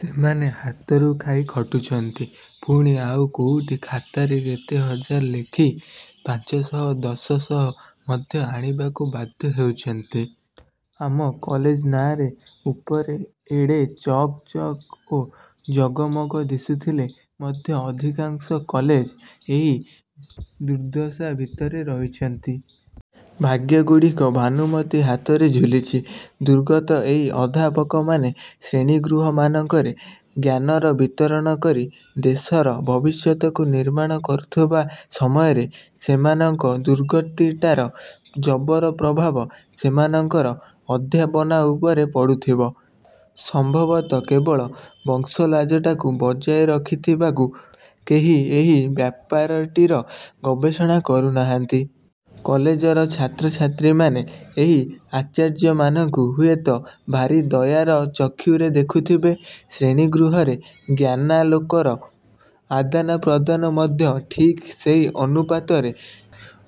ସେମାନେ ହାତରୁ ଖାଇ ଖଟୁଛନ୍ତି। ପୁଣି ଆଉ କୋଉଠି ଖାତାରେ କେତେ ହଜାର ଲେଖି ପାଞ୍ଚଶହ ଦଶ ଶହ ମଧ୍ୟ ଆଣିବାକୁ ବାଧ୍ୟ ହେଉଛନ୍ତି। ଆମ କଲେଜ୍ମାନେ ଉପରେ ଏଡ଼େ ଚକ୍ ଚକ୍ ଓ ଜଗମଗ ଦିଶୁଥିଲେ ମଧ୍ୟ ଅଧିକାଂଶ କଲେଜ ଏହି ଦୁର୍ଦ୍ଦଶା ଭିତରେ ରହିଛନ୍ତି। ଭାଗ୍ୟଗୁଡ଼ିକ ଭାନୁମତୀ ହାତରେ ଝୁଲୁଛି। ଦୁର୍ଗତ ଏହି ଅଧ୍ୟାପକମାନେ ଶ୍ରେଣୀଗୃହମାନଙ୍କରେ ଜ୍ଞାନର ବିତରଣ କରି ଦେଶର ଭବିଷ୍ୟତକୁ ନିର୍ମାଣ କରୁଥିବା ସମୟରେ ସେମାନଙ୍କ ଦୁର୍ଗତିଟାର ଜବର ପ୍ରଭାବ ସେମାନଙ୍କର ଅଧ୍ୟାପନା ଉପରେ ପଡୁଥିବ। ସମ୍ଭବତଃ କେବଳ ବଂଶଲାଜଟାକୁ ବଜାୟ ରଖିବାକୁ କେହି ଏହି ବ୍ୟାପାରଟିର ଗବେଷଣା କରୁନାହାନ୍ତି। କଲେଜର ଛାତ୍ରଛାତ୍ରୀମାନେ ଏହି ଆଚାର୍ଯ୍ୟମାନଙ୍କୁ ହୁଏତ ଭାରି ଦୟାର ଚକ୍ଷୁରେ ଦେଖୁଥିବେ। ଶ୍ରେଣୀ-ଗୃହରେ ଜ୍ଞାନାଲୋକର ଆଦାନପ୍ରଦାନ ମଧ୍ୟ ଠିକ୍ ସେହି ଅନୁପାତରେ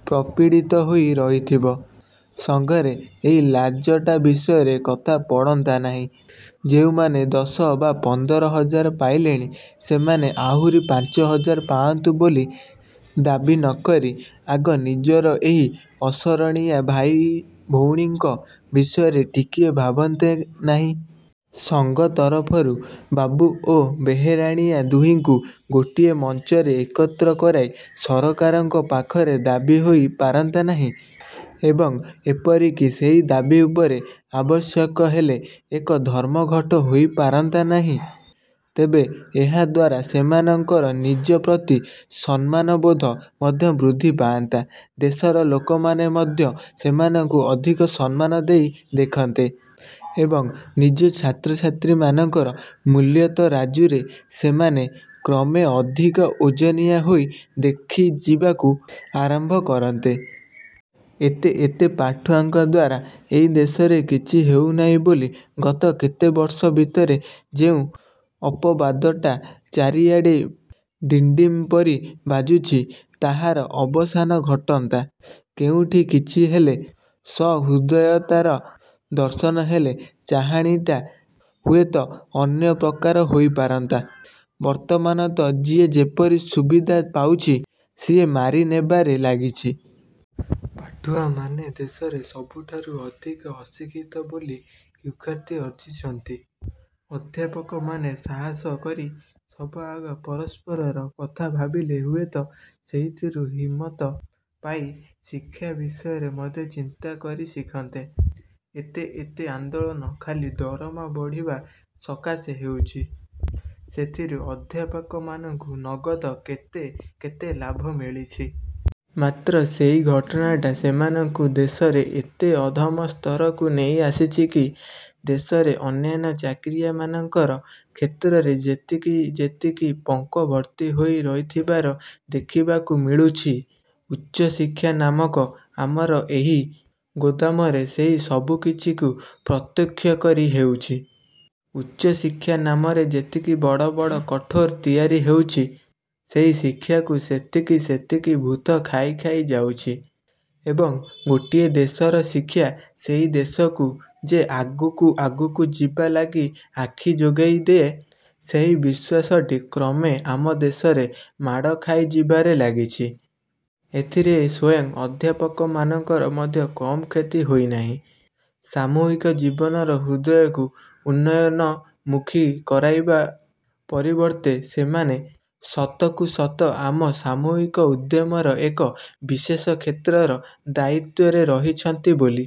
ପ୍ରପୀଡ଼ିତ ହୋଇ ରହିଥିବ। ସଂଘରେ ଏହି ଲାଜଟା ବିଷୟରେ କଥା ପଡ଼ନ୍ତା ନାହିଁ? ଯେଉଁମାନେ ଦଶ ବା ପନ୍ଦର ହଜାର ପାଇଲେଣି, ସେମାନେ ଆହୁରି ପାଞ୍ଚ ହଜାର ପାଆନ୍ତୁ ବୋଲି ଦାବି ନକରି ଆଗ ନିଜର ଏହି ଅସରଣିଆ ଭାଇଭଉଣୀଙ୍କ ବିଷୟରେ ଟିକିଏ ଭାବନ୍ତେ ନାହିଁ? ସଂଘ ତରଫରୁ ବାବୁ ଓ ବେହେରାଣିଆ ଦୁହିଁଙ୍କୁ ଗୋଟିଏ ମଞ୍ଚରେ ଏକତ୍ର କରାଇ ସରକାରଙ୍କ ପାଖରେ ଦାବି ହୋଇ ପାରନ୍ତା ନାହିଁ ଏବଂ ଏପରିକି ସେହି ଦାବି ଉପରେ ଆବଶ୍ୟକ ହେଲେ ଏକ ଧର୍ମଘଟ ହୋଇପାରନ୍ତା ନାହିଁ? ତେବେ, ଏହାଦ୍ୱାରା ସେମାନଙ୍କର ନିଜ ପ୍ରତି ସମ୍ମାନବୋଧ ମଧ୍ୟ ବୃଦ୍ଧି ପାଆନ୍ତା, ଦେଶର ଲୋକମାନେ ମଧ୍ୟ ସେମାନଙ୍କୁ ଅଧିକ ସମ୍ମାନ ଦେଇ ଦେଖନ୍ତେ ଏବଂ ନିଜ ଛାତ୍ରଛାତ୍ରୀଙ୍କର ମୂଲ୍ୟତରାଜୁରେ ସେମାନେ କ୍ରମେ ଅଧିକ ଓଜନିଆ ହୋଇ ଦେଖାଯିବାକୁ ଆରମ୍ଭ କରନ୍ତେ। ଏତେ ଏତେ ପାଠୁଆଙ୍କ ଦ୍ଵାରା ଏହି ଦେଶରେ କିଛି ହେଉନାହିଁ ବୋଲି ଗତ କେତେବର୍ଷ ଭିତରେ ଯେଉଁ ଅପବାଦଟା ଚାରିଆଡ଼େ ଡ଼ିଣ୍ଡିମ ପରି ବାଜୁଛି, ତାହାର ଅବସାନ ଘଟନ୍ତା। କେଉଁଠି କିଛି ହେଲେ ସହୃଦୟତାର ଦର୍ଶନ ହେଲେ ଚାହାଣିଟା ହୁଏତ ଅନ୍ୟ ପ୍ରକାର ହୋଇପାରନ୍ତା। ବର୍ତ୍ତମାନ ତ ଯିଏ ଯେପରି ସୁବିଧା ପାଉଛି, ସିଏ ମାରି ନେବାରେ ଲାଗିଛି। ପାଠୁଆମାନେ ଦେଶରେ ସବୁଠାରୁ ଅଧିକ ଅଶିକ୍ଷିତ ବୋଲି କୁଖ୍ୟାତି ଅର୍ଜିଛନ୍ତି। ଅଧ୍ୟାପକମାନେ ସାହସ କରି ସବାଆଗ ପରସ୍ପରର କଥା ଭାବିଲେ ହୁଏତ ସେଇଥିରୁ ହିମତ ପାଇ ଶିକ୍ଷା ବିଷୟରେ ମଧ୍ୟ ଚିନ୍ତା କରି ଶିଖନ୍ତେ। ଏତେ ଏତେ ଆନ୍ଦୋଳନ ଖାଲି ଦରମା ବଢ଼ିବା ସକାଶେ ହେଉଛି, ସେଥିରୁ ଅଧ୍ୟାପକମାନଙ୍କୁ ନଗଦ କେତେ କେତେ ଲାଭ ମିଳିଛି। ମାତ୍ର ସେହି ଘଟଣାଟା ସେମାନଙ୍କୁ ଦେଶରେ ଏତେ ଅଧମ ସ୍ତରକୁ ନେଇ ଆସିଛି କି? ଦେଶରେ ଅନ୍ୟାନ୍ୟ ଚାକିରିଆମାନଙ୍କର କ୍ଷେତ୍ରରେ ଯେତିକି ଯେତିକି ପଙ୍କ ଭର୍ତ୍ତି ହୋଇ ରହିଥିବାର ଦେଖିବାକୁ ମିଳୁଛି, ଉଚ୍ଚଶିକ୍ଷା ନାମକ ଆମର ଏହି ଗୋଦାମରେ ସେହି ସବୁକିଛିକୁ ପ୍ରତ୍ୟକ୍ଷ କରି ହେଉଛି। ଉଚ୍ଚଶିକ୍ଷା ନାମରେ ଯେତିକି ବଡ଼ ବଡ଼ କୋଠାଘର ତିଆରି ହେଉଛି, ସେହି ଶିକ୍ଷାକୁ ସେତିକି ସେତିକି ଭୂତ ଖାଇ ଖାଇ ଯାଉଛି ଏବଂ ଗୋଟିଏ ଦେଶର ଶିକ୍ଷା ସେହି ଦେଶକୁ ଯେ ଆଗକୁ ଆଗକୁ ଯିବା ଲାଗି ଆଖି ଯୋଗାଇଦିଏ, ସେହି ବିଶ୍ୱାସଟି କ୍ରମେ ଆମ ଦେଶରେ ମାଡ଼ ଖାଇଯିବାରେ ଲାଗିଛି। ଏଥିରେ ସ୍ୱୟଂ ଅଧ୍ୟାପକମାନଙ୍କର ମଧ୍ୟ କମ୍ କ୍ଷତି ହୋଇନାହିଁ? ସାମୂହିକ ଜୀବନର ହୃଦୟକୁ ଉନ୍ନୟନମୁଖୀ କରାଇବା ପରିବର୍ତ୍ତେ ସେମାନେ ସତକୁ ସତ ଆମ ସାମୂହିକ ଉଦ୍ୟମର ଏକ ବିଶେଷ କ୍ଷେତ୍ରର ଦାୟିତ୍ୱରେ ରହିଛନ୍ତି ବୋଲି